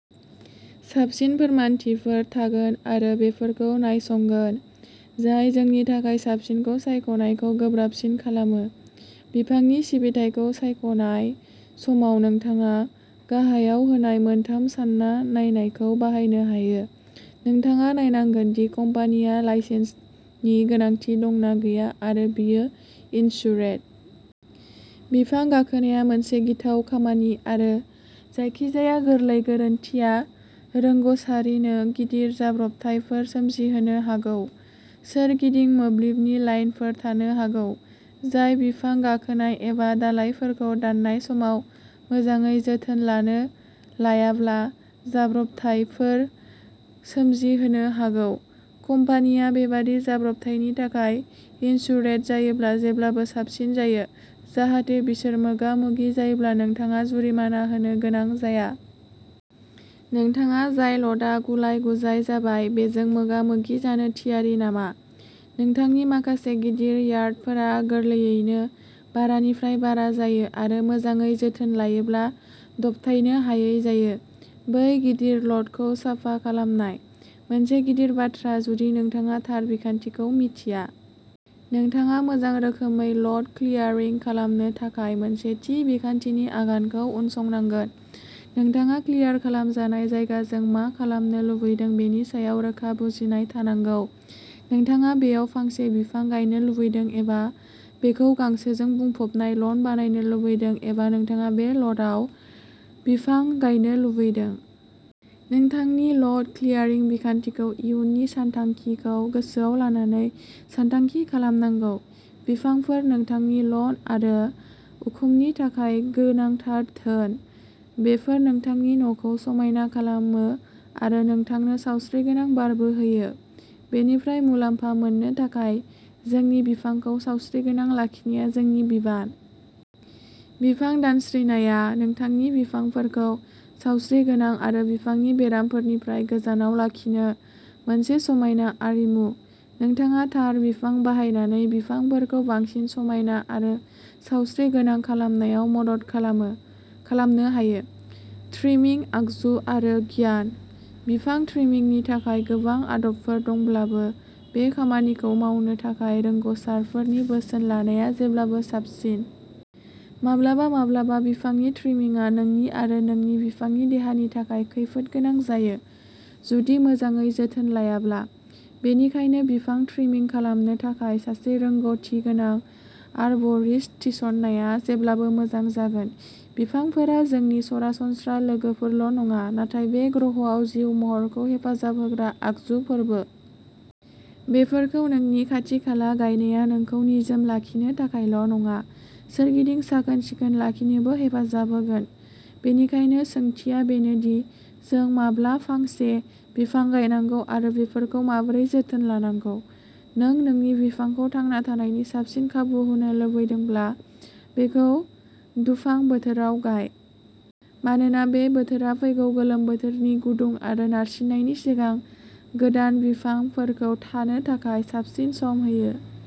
साबसिन फोरमानथिफोर थागोन आरो बेफोरखौ नायसंगोन, जाय जोंनि थाखाय साबसिनखौ सायख'नायखौ गोब्राबसिन खालामो। बिफांनि सिबिथाइखौ सायख'नाय समाव नोंथाङा गाहायाव होनाय मोनथाम सान्ना नायनायखौ बाहायनो हायो। नोंथाङा नायनांगोन दि कम्पानिया लाइसेन्सनि गोनांथि दं ना गैया आरो बियो इन्सुरेद। बिफां गाखोनाया मोनसे गिथाव खामानि आरो जायखिजाया गोरलै गोरोन्थिआ रोंग'सारिनो गिदिर जाब्रबथायफोर सोमजिहोनो हागौ। सोरगिदिं मोब्लिबनि लाइनफोर थानो हागौ, जाय बिफां गाखोनाय एबा दालाइफोरखौ दाननाय समाव मोजाङै जोथोन लायाब्ला जाब्रबथायफोर सोमजिहोनो हागौ। कम्पानिया बेबादि जाब्रबथायनि थाखाय इन्सुरेद जायोब्ला जेब्लाबो साबसिन जायो, जाहाथे बिसोर मोगा-मोगि जायोब्ला नोंथाङा जुरिमाना होनो गोनां जाया। नोंथाङा जाय ल'टआ गुलाय-गुजाय जाबाय, बेजों मोगा-मोगि जानो थियारि नामा? नोंथांनि माखासे गिदिर यार्डफोरा गोरलैयैनो बारानिफ्राय बारा जायो आरो मोजाङै जोथोन लायोब्ला दबथायनो हायै जायो। बै गिदिर ल'टखौ साफा खालामनाय। मोनसे गिदिर बाथ्रा, जुदि नोंथाङा थार बिखान्थिखौ मिथिया। नोंथाङा मोजां रोखोमै ल'ट क्लियारिं खालामनो थाखाय मोनसे थि बिखान्थिनि आगानखौ उनसंनांगोन। नोंथाङा क्लियार खालामजानाय जायगाजों मा खालामनो लुबैदों बेनि सायाव रोखा बुजिनाय थानांगौ। नोंथाङा बेयाव फांसे बिफां गायनो लुबैदों एबा बेखौ गांसोजों बुंफबनाय लन बानायनो लुबैदों एबा नोंथाङा बे ल'टआव बिफां गायनो लुबैदों। नोंथांनि ल'ट क्लियारिं बिखान्थिखौ इयुननि सानथांखिखौ गोसोआव लानानै सानथांखि खालामनांगौ। बिफांफोरा नोंथांनि लन आरो उखुमनि थाखाय गोनांथार धोन। बेफोर नोंथांनि न'खौ समायना खालामो आरो नोंथांनो सावस्रिगोनां बारबो होयो। बेनिफ्राय मुलाम्फा मोननो थाखाय जोंनि बिफांखौ सावस्रिगोनां लाखिनाया जोंनि बिबान। बिफां दानस्रिनाया नोंथांनि बिफांफोरखौ सावस्रिगोनां आरो बिफांनि बेरामफोरनिफ्राय गोजानाव लाखिनो मोनसे समायना आरिमु। नोंथाङा थार बिफां बाहायनानै बिफांफोरखौ बांसिन समायना आरो सावस्रिगोनां खालामनायाव मदद खालामनो हायो। ट्रिमिंग आगजु आरो गियान। बिफां ट्रिमिंगनि थाखाय गोबां आदबफोर दंब्लाबो, बे खामानिखौ मावनो थाखाय रोंग'सारफोरनि बोसोन लानाया जेब्लाबो साबसिन। माब्लाबा-माब्लाबा, बिफां ट्रिमिंगआ नोंनि आरो नोंनि बिफांनि देहानि थाखाय खैफोद गोनां जायो जुदि मोजाङै जोथोन लायाब्ला, बेनिखायनो बिफां ट्रिमिंग खालामनो थाखाय सासे रोंग'थि गोनां आरबरिस्ट थिसननाया जेब्लाबो मोजां जागोन। बिफांफोरा जोंनि सरासनस्रा लोगोफोरल' नङा, नाथाय बे ग्रहआव जिउ महरखौ हेफाजाब होग्रा आगजुफोरबो। बेफोरखौ नोंनि खाथिखाला गायनाया नोंखौ निजोम लाखिनो थाखायल' नङा, सोरगिदिं साखोन-सिखोन लाखिनोबो हेफाजाब होगोन। बेनिखायनो, सोंथिया बेनो दि, जों माब्ला फांसे बिफां गायनांगौ आरो बेफोरखौ माबोरै जोथोन लानांगौ। नों नोंनि बिफांखौ थांना थानायनि साबसिन खाबु होनो लुबैदोंब्ला, बेखौ दुफां बोथोराव गाय। मानोना बे बोथोरा फैगौ गोलोम बोथोरनि गुदुं आरो नारसिननायनि सिगां गोदान बिफांफोरखौ थानो थाखाय साबसिन सम होयो।